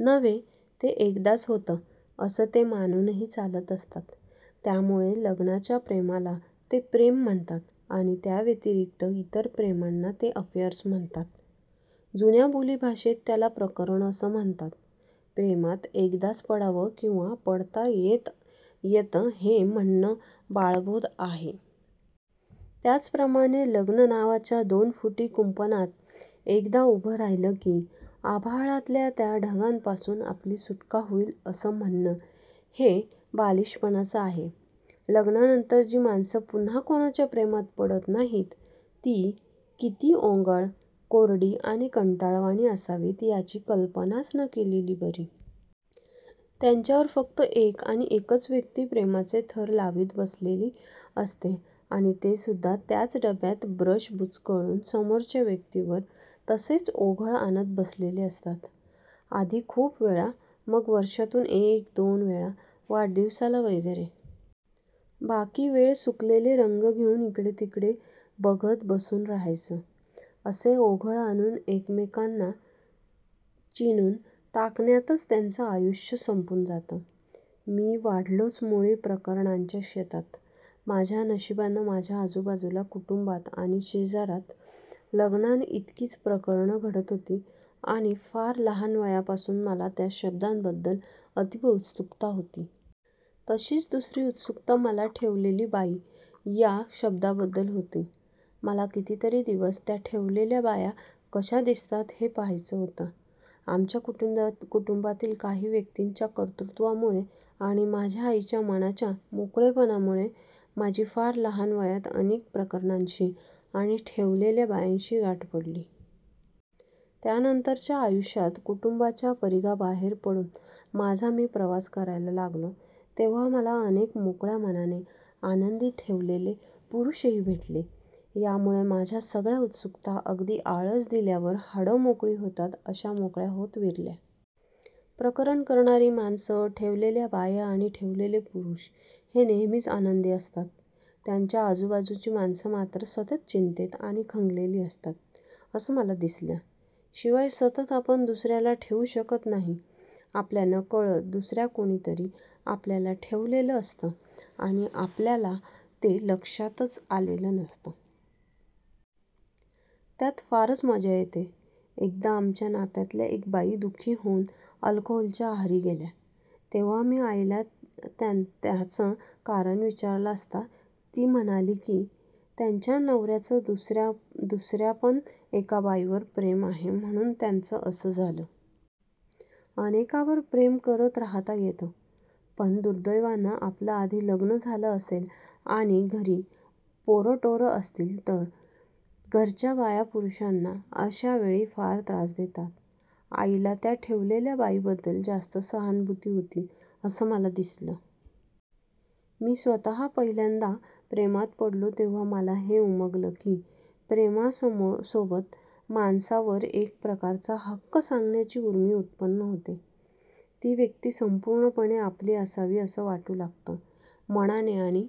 नव्हे, ते एकदाच होतं असं ते मानूनही चालत असतात. त्यामुळे लग्नाच्या प्रेमाला ते प्रेम म्हणतात आणि त्याव्यतिरिक्त इतर प्रेमांना ते अफेअर्स म्हणतात. जुन्या बोली भाषेत त्याला प्रकरण असं म्हणतात. प्रेमात एकदाच पडावं किंवा पडता येतं हे म्हणणं बाळबोध आहे. त्याचप्रमाणे लग्न नावाच्या दोन फुटी कुंपणात एकदा उभं राहिलं की, आभाळातल्या त्या ढगांपासून आपली सुटका होईल असं म्हणणं हे बालीशपणाचं आहे. लग्नानंतर जी माणसं पुन्हा कुणाच्या प्रेमात पडत नाहीत ती किती ओंगळ, कोरडी आणि कंटाळवाणी असावीत याची कल्पनाच न केलेली बरी. त्यांच्यावर फक्त एक आणि एकच व्यक्ती प्रेमाचे थर लावीत बसलेली असते आणि तेसुद्धा त्याच डब्यात ब्रश बुचकळून समोरच्या व्यक्तीवर तसेच ओघळ आणत बसलेले असतात. आधी खूप वेळा, मग वर्षातून एक दोन वेळा वाढदिवसाला वगैरे. बाकी वेळ सुकलेले रंग घेऊन इकडेतिकडे बघत बसून राहायचं. असे ओघळ आणून एकमेकांना चिणून टाकण्यातच त्यांचं आयुष्य संपून जातं. मी वाढलोच मुळी प्रकरणांच्या शेतात. माझ्या नशिबानं माझ्या आजूबाजूला, कुटुंबात आणि शेजारात लग्नांइतकीच प्रकरणं घडत होती आणि फार लहान वयापासून मला त्या शब्दाबद्दल अतीव उत्सुकता होती. तशीच दुसरी उत्सुकता मला ठेवलेली बाई या या शब्दाबद्दल होती. मला कितीतरी दिवस त्या ठेवलेल्या बाया कशा दिसतात ते पाहायचं होतं. आमच्या कुटुंबातील काही व्यक्तींच्या कर्तृत्वामुळे आणि माझ्या आईच्या मनाच्या मोकळेपणामुळे माझी फार लहान वयात अनेक प्रकरणांशी आणि ठेवलेल्या बायांशी गाठ पडली. त्यानंतरच्या आयुष्यात कुटुंबाच्या परिघाबाहेर पडून माझा मी प्रवास करायला लागलो तेव्हा मला अनेक मोकळ्या मनाचे, आनंदी ठेवलेले पुरुषही भेटले. यामुळे माझ्या सगळ्या उत्सुकता अगदी आळस दिल्यावर हाडं मोकळी होतात तशा मोकळ्या होत विरल्या. प्रकरणं करणारी माणसं, ठेवलेल्या बाया आणि ठेवलेले पुरुष हे नेहमीच आनंदी असतात. त्यांच्या आजूबाजूची माणसं मात्र सतत चिंतेत आणि खंगलेली असतात, असं मला दिसलं. शिवाय सतत आपण दुसऱ्याला ठेवू शकत नाही. आपल्या नकळत दुसऱ्या कुणीतरी आपल्याला ठेवलेलं असतं आणि आपल्याला ते लक्षातच आलेलं नसतं. त्यात फारच मजा येते. एकदा आमच्या नात्यातल्या एक बाई दुःखी होऊन अल्कोहोलच्या आहारी गेल्या, तेव्हा मी आईला त्याचं कारण विचारलं असता ती म्हणाली की, त्यांच्या नवऱ्याचं दुसर्यापण एका बाईवर प्रेम आहे म्हणून त्यांचं असं झालं. अनेकांवर प्रेम करत राहता येतं. पण दुर्दैवानं आपलं आधी लग्न झालं असेल आणि घरी पोरंटोरं असतील तर घरच्या बाया पुरुषांना अशावेळी फार त्रास देतात. आईला त्या ठेवलेल्या बाईबद्दल जास्त सहानुभूती होती असं मला दिसलं. मी स्वतः पहिल्यांदा प्रेमात पडलो तेव्हा मला हे उमगलं की, प्रेमासोबत माणसावर एक प्रकारचा हक्क सांगण्याची ऊर्मी उत्पन्न होते. ती व्यक्ती संपूर्णपणे आपली असावी असं वाटू लागतं, मनानं आणि